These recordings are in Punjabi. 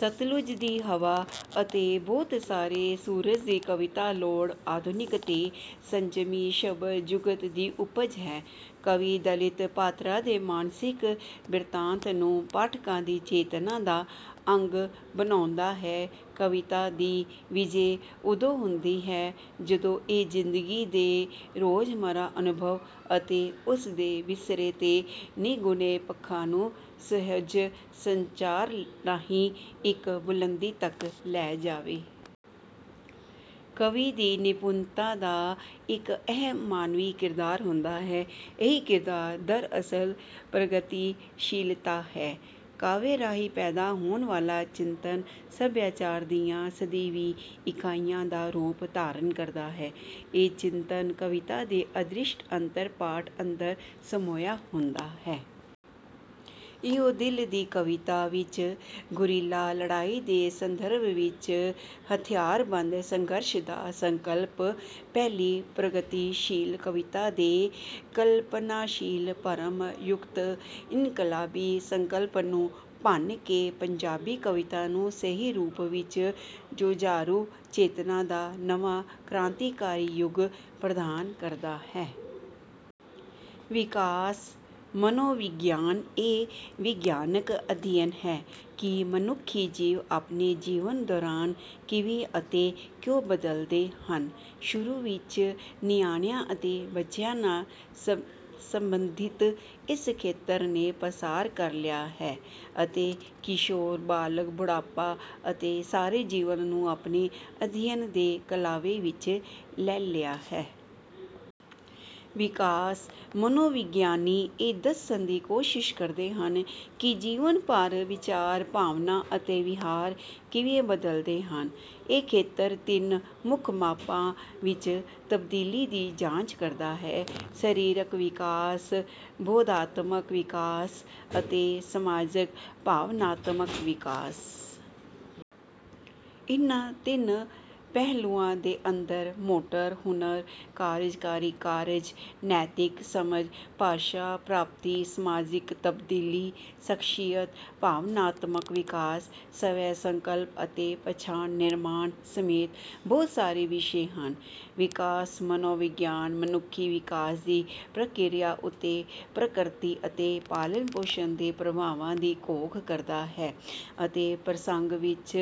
ਸਤਲੁੱਜ ਦੀ ਹਵਾ’ ਅਤੇ ਬਹੁਤ ਸਾਰੇ ਸੂਰਜ’ ਦੀ ਕਵਿਤਾ ਲੋੜ, ਆਧੁਨਿਕ ਤੇ ਸੰਜਮੀ ਸ਼ਬਦ-ਜੁਗਤ ਦੀ ਉਪਜ ਹੈ। ਕਵੀ ਦਲਿਤ ਪਾਤਰਾਂ ਦੇ ਮਾਨਸਿਕ ਬਿਰਤਾਂਤ ਨੂੰ ਪਾਠਕਾਂ ਦੀ ਚੇਤਨਾ ਦਾ ਅੰਗ ਬਣਾਉਂਦਾ ਹੈ। ਕਵਿਤਾ ਦੀ ਵਿਜੈ ਉਦੋਂ ਹੁੰਦੀ ਹੈ, ਜਦੋਂ ਇਹ ਜ਼ਿੰਦਗੀ ਦੇ ਰੋਜ਼-ਮਰਾ ਅਨੁਭਵ ਅਤੇ ਉਸ ਦੇ ਵਿਸਰੇ ਤੇ ਨਿਗੂਣੇ ਪੱਖਾਂ ਨੂੰ ਸੁਹਜ ਸੰਚਾਰ ਰਾਹੀਂ ਇੱਕ ਬੁਲੰਦੀ ਤੱਕ ਲੈ ਜਾਵੇ। ਕਵੀ ਦੀ ਨਿਪੁੰਨਤਾ ਦਾ ਇੱਕ ਅਹਿਮ ਮਾਨਵੀ ਕਿਰਦਾਰ ਹੁੰਦਾ ਹੈ। ਇਹੀ ਕਿਰਦਾਰ, ਦਰਅਸਲ, ਪ੍ਰਗਤੀਸ਼ੀਲਤਾ ਹੈ। ਕਾਵਿ ਰਾਹੀਂ ਪੈਦਾ ਹੋਣ ਵਾਲਾ ਚਿੰਤਨ ਸਭਿਆਚਾਰ ਦੀਆਂ ਸਦੀਵੀ ਇਕਾਈਆਂ ਦਾ ਰੂਪ ਧਾਰਣ ਕਰਦਾ ਹੈ। ਇਹ ਚਿੰਤਨ ਕਵਿਤਾ ਦੇ ਅਦ੍ਰਿਸ਼ਟ ਅੰਤਰ-ਪਾਠ ਅੰਦਰ ਸਮੋਇਆ ਹੁੰਦਾ ਹੈ। ਇਉਂ ਦਿਲ ਦੀ ਕਵਿਤਾ’ ਵਿੱਚ ਗੁਰੀਲਾ ਲੜਾਈ ਦੇ ਸੰਦਰਭ ਵਿੱਚ ਹਥਿਆਰਬੰਦ ਸੰਘਰਸ਼ ਦਾ ਸੰਕਲਪ ਪਹਿਲੀ ਪ੍ਰਗਤੀਸ਼ੀਲ ਕਵਿਤਾ ਦੇ ਕਲਪਨਾਸ਼ੀਲ, ਭਰਮ-ਯੁਕਤ ਇਨਕਲਾਬੀ ਸੰਕਲਪ ਨੂੰ ਭੰਨ ਕੇ ਪੰਜਾਬੀ ਕਵਿਤਾ ਨੂੰ ਸਹੀ ਰੂਪ ਵਿੱਚ ਜੁਝਾਰੂ ਚੇਤਨਾ ਦਾ ਨਵਾਂ ਕ੍ਰਾਂਤੀਕਾਰੀ ਯੁੱਗ ਪ੍ਰਦਾਨ ਕਰਦਾ ਹੈ। ਵਿਕਾਸ ਮਨੋਵਿਗਿਆਨ ਇਹ ਵਿਗਿਆਨਕ ਅਧਿਐਨ ਹੈ ਕਿ ਮਨੁੱਖੀ ਜੀਵ ਆਪਣੇ ਜੀਵਨ ਦੌਰਾਨ ਕਿਵੇਂ ਅਤੇ ਕਿਉਂ ਬਦਲਦੇ ਹਨ। ਸ਼ੁਰੂ ਵਿੱਚ ਨਿਆਣਿਆਂ ਅਤੇ ਬੱਚਿਆਂ ਨਾਲ ਸੰਬੰਧਿਤ ਇਸ ਖੇਤਰ ਨੇ ਪਸਾਰ ਕਰ ਲਿਆ ਹੈ ਅਤੇ ਕਿਸ਼ੋਰ, ਬਾਲਗ, ਬੁਢਾਪਾ ਅਤੇ ਸਾਰੇ ਜੀਵਨ ਨੂੰ ਆਪਣੇ ਅਧਿਐਨ ਦੇ ਕਲਾਵੇ ਵਿੱਚ ਲੈ ਲਿਆ ਹੈ। ਵਿਕਾਸ ਮਨੋਵਿਗਿਆਨੀ ਇਹ ਦੱਸਣ ਦੀ ਕੋਸ਼ਿਸ਼ ਕਰਦੇ ਹਨ ਕਿ ਜੀਵਨ ਭਰ ਵਿਚਾਰ, ਭਾਵਨਾ ਅਤੇ ਵਿਹਾਰ ਕਿਵੇਂ ਬਦਲਦੇ ਹਨ। ਇਹ ਖੇਤਰ ਤਿੰਨ ਮੁੱਖ ਮਾਪਾਂ ਵਿੱਚ ਤਬਦੀਲੀ ਦੀ ਜਾਂਚ ਕਰਦਾ ਹੈ: ਸਰੀਰਕ ਵਿਕਾਸ, ਬੋਧਾਤਮਕ ਵਿਕਾਸ ਅਤੇ ਸਮਾਜਿਕ-ਭਾਵਨਾਤਮਕ ਵਿਕਾਸ। ਇਹਨਾਂ ਤਿੰਨ ਪਹਿਲੂਆਂ ਦੇ ਅੰਦਰ ਮੋਟਰ ਹੁਨਰ, ਕਾਰਜਕਾਰੀ ਕਾਰਜ, ਨੈਤਿਕ ਸਮਝ, ਭਾਸ਼ਾ ਪ੍ਰਾਪਤੀ, ਸਮਾਜਿਕ ਤਬਦੀਲੀ, ਸ਼ਖ਼ਸੀਅਤ, ਭਾਵਨਾਤਮਕ ਵਿਕਾਸ, ਸਵੈ-ਸੰਕਲਪ ਅਤੇ ਪਛਾਣ-ਨਿਰਮਾਣ ਸਮੇਤ ਬਹੁਤ ਸਾਰੇ ਵਿਸ਼ੇ ਹਨ। ਵਿਕਾਸ ਮਨੋਵਿਗਿਆਨ ਮਨੁੱਖੀ ਵਿਕਾਸ ਦੀ ਪ੍ਰਕਿਰਿਆ ਉੱਤੇ ਪ੍ਰਕਿਰਤੀ ਅਤੇ ਪਾਲਣ-ਪੋਸ਼ਣ ਦੇ ਪ੍ਰਭਾਵਾਂ ਦੀ ਘੋਖ ਕਰਦਾ ਹੈ ਅਤੇ ਪ੍ਰਸੰਗ ਵਿੱਚ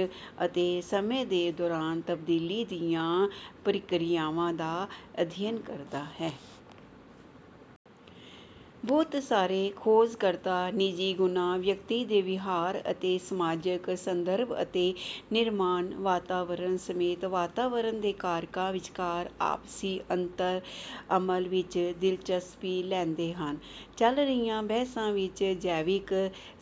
ਅਤੇ ਸਮੇਂ ਦੇ ਦੌਰਾਨ ਤਬਦੀਲੀ ਦੀਆਂ ਪ੍ਰਕਿਰਿਆਵਾਂ ਦਾ ਅਧਿਐਨ ਕਰਦਾ ਹੈ। ਬਹੁਤ ਸਾਰੇ ਖੋਜਕਰਤਾ ਨਿੱਜੀ ਗੁਣਾਂ, ਵਿਅਕਤੀ ਦੇ ਵਿਹਾਰ ਅਤੇ ਸਮਾਜਕ ਸੰਦਰਭ ਅਤੇ ਨਿਰਮਾਣ-ਵਾਤਾਵਰਨ ਸਮੇਤ ਵਾਤਾਵਰਣ ਦੇ ਕਾਰਕਾਂ ਵਿਚਕਾਰ ਆਪਸੀ ਅੰਤਰ-ਅਮਲ ਵਿੱਚ ਦਿਲਚਸਪੀ ਲੈਂਦੇ ਹਨ। ਚੱਲ ਰਹੀਆਂ ਬਹਿਸਾਂ ਵਿੱਚ ਜੈਵਿਕ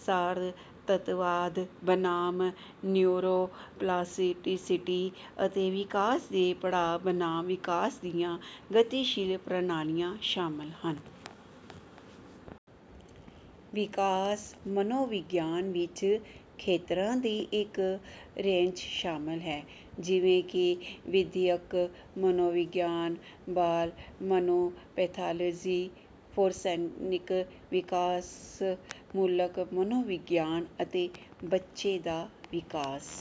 ਸਾਰਤੱਤਵਾਦ ਬਨਾਮ ਨਿਊਰੋਪਲਾਸਟੀਸਿਟੀ ਅਤੇ ਵਿਕਾਸ ਦੇ ਪੜਾਅ ਬਨਾਮ ਵਿਕਾਸ ਦੀਆਂ ਗਤੀਸ਼ੀਲ ਪ੍ਰਣਾਲੀਆਂ ਸ਼ਾਮਲ ਹਨ। ਵਿਕਾਸ ਮਨੋਵਿਗਿਆਨ ਵਿੱਚ ਖੇਤਰਾਂ ਦੀ ਇੱਕ ਰੇਂਜ ਸ਼ਾਮਲ ਹੈ, ਜਿਵੇਂ ਕਿ ਵਿਦਿਅਕ ਮਨੋਵਿਗਿਆਨ, ਬਾਲ ਮਨੋਪੈਥਾਲੌਜੀ, ਫੋਰੈਂਸਿਕ ਵਿਕਾਸਮੂਲਕ ਮਨੋਵਿਗਿਆਨ ਅਤੇ ਬੱਚੇ ਦਾ ਵਿਕਾਸ।